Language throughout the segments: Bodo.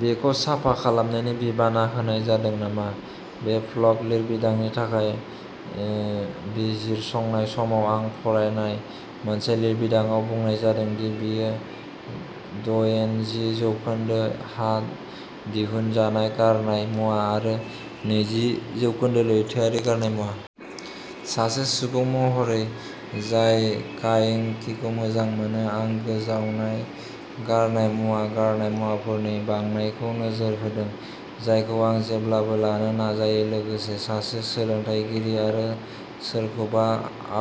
बेखौ साफा खालामनायनि बिबाना होनाय जादों नामा? बे ब्लग लिरबिदांनि थाखाय बिजिरसंनाय समाव आं फरायनाय मोनसे लिरबिदांआव बुंनाय जादोंमोन दि बेनि दयेनजि जौखोन्दोसो हा दिहुनजानाय गारनाय मुवा आरो नैजि जौखोन्दो लैथोआरि गारनाय मुवा। सासे सुबुं महरै जाय कायाकिंखौ मोजां मोनो, आं गोजावनाय गारनाय मुवा गारनाय मुवाफोरनि बांनायखौ नोजोर होदों, जायखौ आं जेब्लाबो लानो नाजायो। लोगोसे, सासे सोलोंथायगिरि आरो सोरखौबा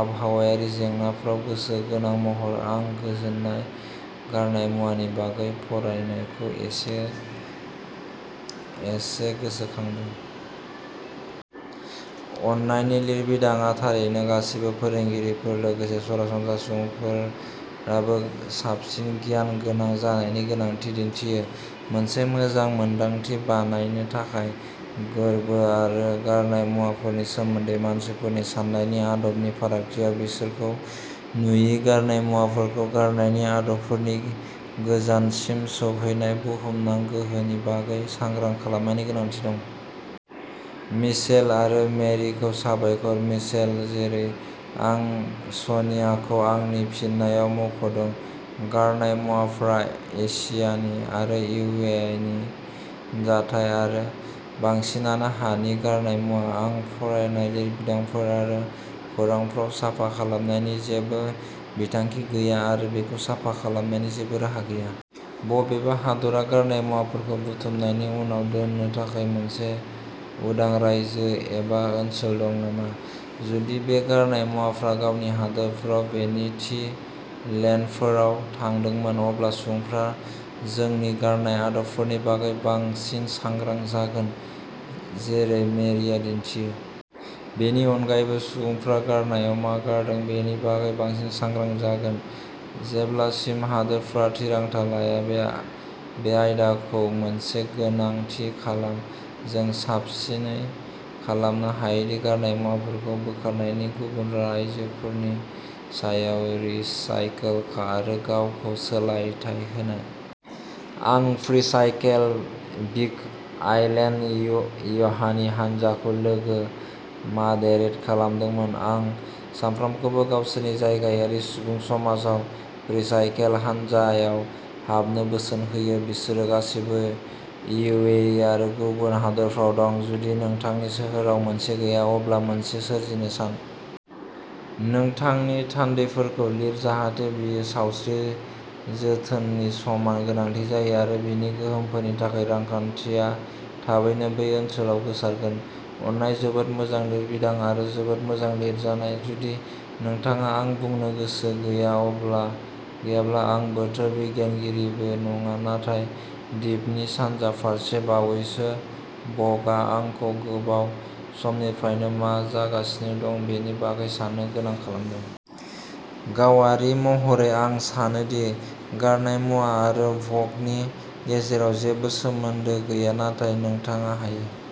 आबहावायारि जेंनाफोराव गोसो गोनां महरै, आं गोजोनो गारनाय मुवा नि बागै फरायनायखौ एसे एसे गोसोखांदों। अन्नानि लिरबिदांआ थारैनो गासैबो फोरोंगिरिफोर, लोगोसे सरासनस्रा सुबुंफोरखौबो साबसिन गियान गोनां जानायनि गोनांथि दिन्थियो। मोनसे मोजां मोनदांथि बानायनो थाखाय। गारबो आरो गारनाय मुवाफोरनि सोमोन्दै मानसिफोरनि साननायनि आदब नि फारागथियाव, बिसोरखौ नुयि गारनाय मुवाफोरखौ गारनायनि आदबफोरनि गोजानसिम सौहैनाय बुहुमनां गोहोमनि बागै सांग्रां खालामनायनि गोनांथि दं। मिचेल आरो मेरिखौ साबायखर। मिचेल, जेरै आं सनियाखौ आंनि फिननायाव मुंख'दोंमोन, गारनाय मुवाफोरा एसियानि आरो इउ ए नि जथाय आरो बांसिनानो हानि गारनाय मुवा। आं फरायनाय लिरबिदांफोर आरो खौरांफोराव, साफा खालामनायनि जेबो बिथांखि गैया आरो बेखौ साफा खालामनायनि जेबो राहा गैया। बबेबा हादोरहा गारनाय मुवाफोरखौ बुथुमनायनि उनाव दोननो थाखाय मोनसे उदां रायजो एबा ओनसोल दं नामा? जुदि बे गारनाय मुवाफोरा गावनि हादोरफोराव बेनि थि लेन्डफोराव थांदोंमोन, अब्ला सुबुंफोरा जोंनि गारनाय आदबफोरनि बागै बांसिन सांग्रां जागोन, जेरै मेरिया दिन्थियो। बेनि अनगायैबो, सुबुंफोरा गारनायाव मा गारदों बेनि बागै बांसिन सांग्रां जागोन। जेब्लासिम हादोरफोरा थिरांथा लाया। बे आयदाखौ मोनसे गोनांथि खालाम, जों साबसिनै खालामनो हायोदि गारनाय मुवाफोरखौ बोखारनायनि गुबुन रायजोफोरनि सायाव रिसाइकल आरो गावखौ सोलोंथाय होनाय। आं फ्रीसाइकेल बिग आइलेन्ड य याहू हानजाखौ लोगो मदारेट खालामो। आं साफ्रोमखौबो गावसोरनि जायगायारि सुबुं समाजाव फ्रीसाइकेल हानजायाव हाबनो बोसोन होयो। बिसोर गासैबो इउ ए आरो गुबुन हादोरफोराव दं। जुदि नोंथांनि सोहोराव मोनसे गैया, अब्ला मोनसे सोरजिनो सान। नोंथांनि थान्दैफोरखौ लिर जाहाथे बेयो सावस्रि जोथोननि समान गोनांथि जायो आरो बेनि गोहोमफोरनि थाखाय रांखान्थिया थाबैनो बै ओनसोलाव गोसारगोन। आन्ना जोबोद मोजां लिरबिदां आरो जोबोद मोजाङै लिरजानाय जुदि नोंथाङा आं बुंनो गोसो गैया अब्ला गैयाब्ला आं बोथोर बिगियानगिरिबो नङा नाथाय दिपनि सानजा फारसे बावैसोनि भ'गआ आंखौ गोबाव समनिफ्रायनो मा जागासिनो दं बेनि बागै साननो गोनां खालामदों। गावारि महरै, आं सानो दि गारनाय मुवा आरो भ'गनि गेजेराव जेबो सोमोन्दो गैया, नाथाय नोंथाङा हायो।